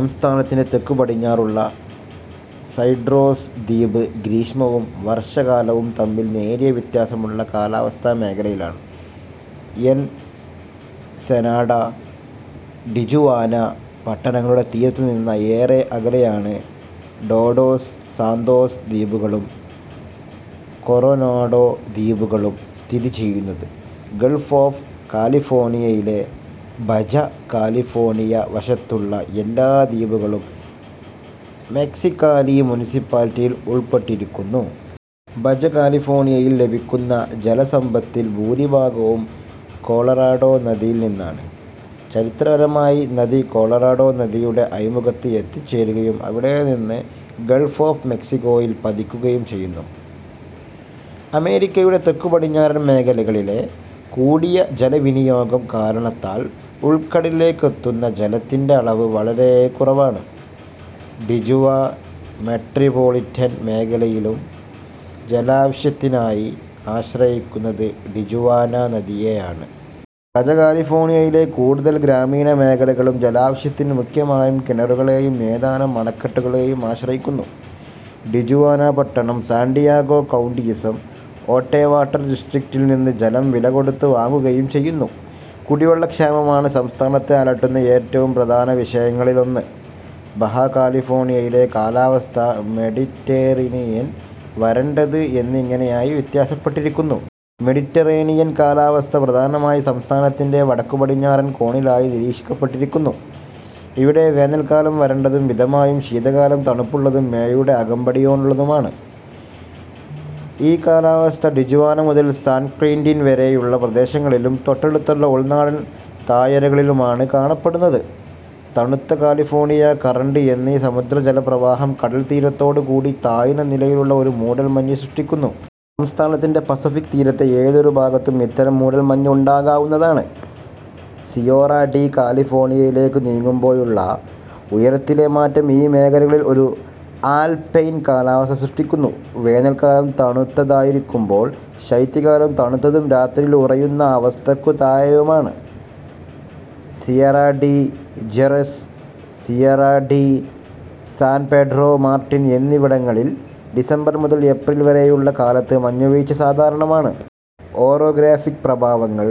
സംസ്ഥാനത്തിൻറെ തെക്കുപടിഞ്ഞാറുള്ള Cedros ദ്വീപ് ഗ്രീഷ്മവും വർഷകാലവും തമ്മിൽ നേരിയ വ്യത്യാസമുള്ള കാലാവസ്ഥാ മേഖലയിലാണ്. എൻസെനാഡ, ടിജുവാന പട്ടണങ്ങളുടെ തീരത്തുനിന്ന ഏറെ അകലെയാണ് ടോഡോസ് സാന്തോസ് ദ്വീപുകളും കൊറോനാഡോ ദ്വീപുകളും സ്ഥിതി ചെയ്യുന്നത്. ഗൾഫ് ഓഫ് കാലിഫോർണിയയിലെ ബജ കാലിഫോർണിയ വശത്തുള്ള എല്ലാ ദ്വീപുകളും മെക്സിക്കാലി മുനിസിപ്പാലിറ്റിയിൽ ഉള്പ്പെട്ടിരിക്കുന്നു. ബജ കാലിഫോർണിയയിൽ ലഭിക്കുന്ന ജലസമ്പത്തിൽ ഭൂരിഭാഗവും കൊളറാഡോ നദിയിൽനിന്നാണ്. ചരിത്രപരമായി നദി കോളറോഡോ നദിയുടെ അഴിമുഖത്ത് എത്തിച്ചേരുകയും അവിടെനിന്ന് ഗൾഫ് ഓഫ് മെക്സിക്കോയിൽ പതിക്കുകയും ചെയ്യുന്നു. അമേരിക്കയുടെ തെക്കുപടിഞ്ഞാറൻ മേഖലകളിലെ കൂടിയ ജലവിനിയോഗം കാരണത്താൽ ഉൾക്കടലിലേയ്ക്കെത്തുന്ന ജലത്തിൻറ അളവ് വളരെ കുറവാണ്. ടിജുവാ മെട്രോപോളിറ്റൻ മേഖലയിലയും ജലാവശ്യത്തിനായി ആശ്രയിക്കുന്നത് ടിജുവാന നദിയെയാണ്. ബജ കാലിഫോർണിയയിലെ കൂടുതൽ ഗ്രാമീണമേഖലകളും ജലാവശ്യത്തിന് മുഖ്യമായും കിണറുകളെയും ഏതാനും അണക്കെട്ടുകളേയും ആശ്രയിക്കുന്നു. ടിജുവാന പട്ടണം, സാൻഡിയാഗോ കൌണ്ടിയിസം ഓട്ടെ വാട്ടർ ഡിസ്ട്രിക്റ്റിൽ നിന്ന് ജലം വിലകൊടുത്തു വാങ്ങുകയും ചെയ്യുന്നു. കുടിവെള്ള ക്ഷാമമാണ് സംസ്ഥാനത്തെ അലട്ടുന്ന ഏറ്റവും പ്രധാനവിഷയങ്ങളിലൊന്ന്. ബഹാ കാലിഫോർണിയയിലെ കാലാവസ്ഥ മെഡിറ്ററേനിയൻ, വരണ്ടത് എന്നിങ്ങനെയായി വ്യത്യാസപ്പെട്ടിരിക്കുന്നു. മെഡിറ്ററേനിയൻ കാലാവസ്ഥ പ്രധാനമായി സംസ്ഥാനത്തിന്റെ വടക്കുപടിഞ്ഞാറൻ കോണിലായി നിരീക്ഷിക്കപ്പെട്ടിരിക്കുന്നു. ഇവിടെ വേനൽക്കാലം വരണ്ടതും മിതമായതും ശീതകാലം തണുപ്പുള്ളതും മഴയുടെ അകമ്പടിയോടെയുള്ളതുമാണ്. ഈ കാലാവസ്ഥ ടിജുവാന മുതൽ സാൻ ക്വിന്റീൻ വരെയുള്ള പ്രദേശങ്ങളിലും തൊട്ടടുത്തുള്ള ഉൾനാടൻ താഴ്വരകളിലുമാണ് കാണപ്പെടുന്നത്. തണുത്ത കാലിഫോർണിയ കറണ്ട് എന്ന സമുദ്രജലപ്രവാഹം കടൽത്തീരത്തോടു ചേർന്ന് താഴ്ന്ന നിലയിലുള്ള ഒരു മൂടൽ മഞ്ഞ് സൃഷ്ടിക്കുന്നു. സംസ്ഥാനത്തിന്റെ പസഫിക് തീരത്തെ ഏതൊരു ഭാഗത്തും ഇത്തരം മൂടൽ മഞ്ഞ് ഉണ്ടാകാവുന്നതാണ്. സിയേറാ ഡി കാലിഫോർണിയയിലേയ്ക്കു നീങ്ങുമ്പോഴുള്ള ഉയരത്തിലെ മാറ്റം ഈ മേഖലകളിൽ ഒരു ആൽപൈൻ കാലാവസ്ഥ സൃഷ്ടിക്കുന്നു. വേനൽക്കാലം തണുത്തതായിരിക്കുമ്പോൾ ശൈത്യകാലം തണുത്തതും രാത്രിയിൽ ഉറയുന്ന അവസ്ഥയ്ക്കു താഴെയുമാണ്. Sierra de Juarez, Sierra de San Pedro Martir എന്നിവിടങ്ങളിൽ ഡിസംബർ മുതൽ ഏപ്രിൽ വരെയുള്ള കാലത്ത് മഞ്ഞുവീഴ്ച് സാധാരണമാണ്. ഓറോഗ്രാഫിക്ക് പ്രഭാവങ്ങൾ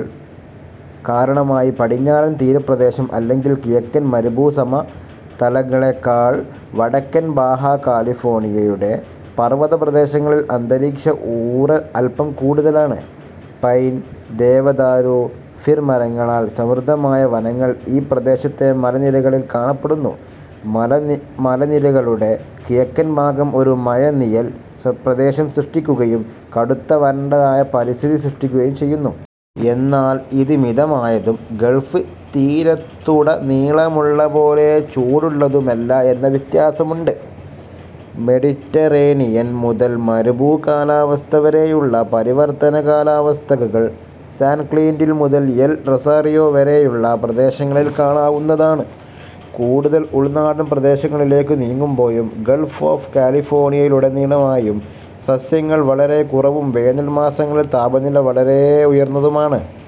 കാരണമായി, പടിഞ്ഞാറൻ തീരപ്രദേശം അല്ലെങ്കിൽ കിഴക്കൻ മരുഭൂ സമതലങ്ങളേക്കാൾ വടക്കൻ ബാഹ കാലിഫോർണിയയുടെ പർവ്വതപ്രദേശങ്ങളിൽ അന്തരീക്ഷ ഊറൽ അൽപ്പം കൂടുതലാണ്. പൈൻ, ദേവദാരു, ഫിർ മരങ്ങളാൽ സമൃദ്ധമായ വനങ്ങൾ ഈ പ്രദേശത്തെ മലനിരകളിൽ കാണപ്പെടുന്നു. മലനിരകളുടെ കിഴക്കൻ ഭാഗം ഒരു മഴനിഴൽ പ്രദേശം സൃഷ്ടിക്കുകയും കടുത്ത വരണ്ടതായ പരിസ്ഥിതി സൃഷ്ടിക്കുകയും ചെയ്യുന്നു. എന്നാൽ ഇത് മിതമായതും ഗൾഫ് തീരത്തുടനീളമുള്ളതുപോലെ ചൂടുള്ളതുമല്ല എന്ന വ്യത്യാസമുണ്ട്. മെഡിറ്ററേനിയൻ മുതൽ മരുഭൂ കാലാവസ്ഥ വരെയുള്ള പരിവർത്തന കാലാവസ്ഥകൾ സാൻ ക്വിന്റിൻ മുതൽ എൽ റൊസാരിയോ വരെയുള്ള പ്രദേശങ്ങളിൽ കാണാവുന്നതാണ്. കൂടുതൽ ഉൾനാടൻ പ്രദേശങ്ങളിലേയ്ക്കു നീങ്ങുമ്പോഴും ഗൾഫ് ഓഫ് കാലിഫോർണിയയിലുടനീളമായും സസ്യങ്ങൾ വളരെ കുറവും വേനൽ മാസങ്ങളിൽ താപനില വളരെ ഉയർന്നതുമാണ്.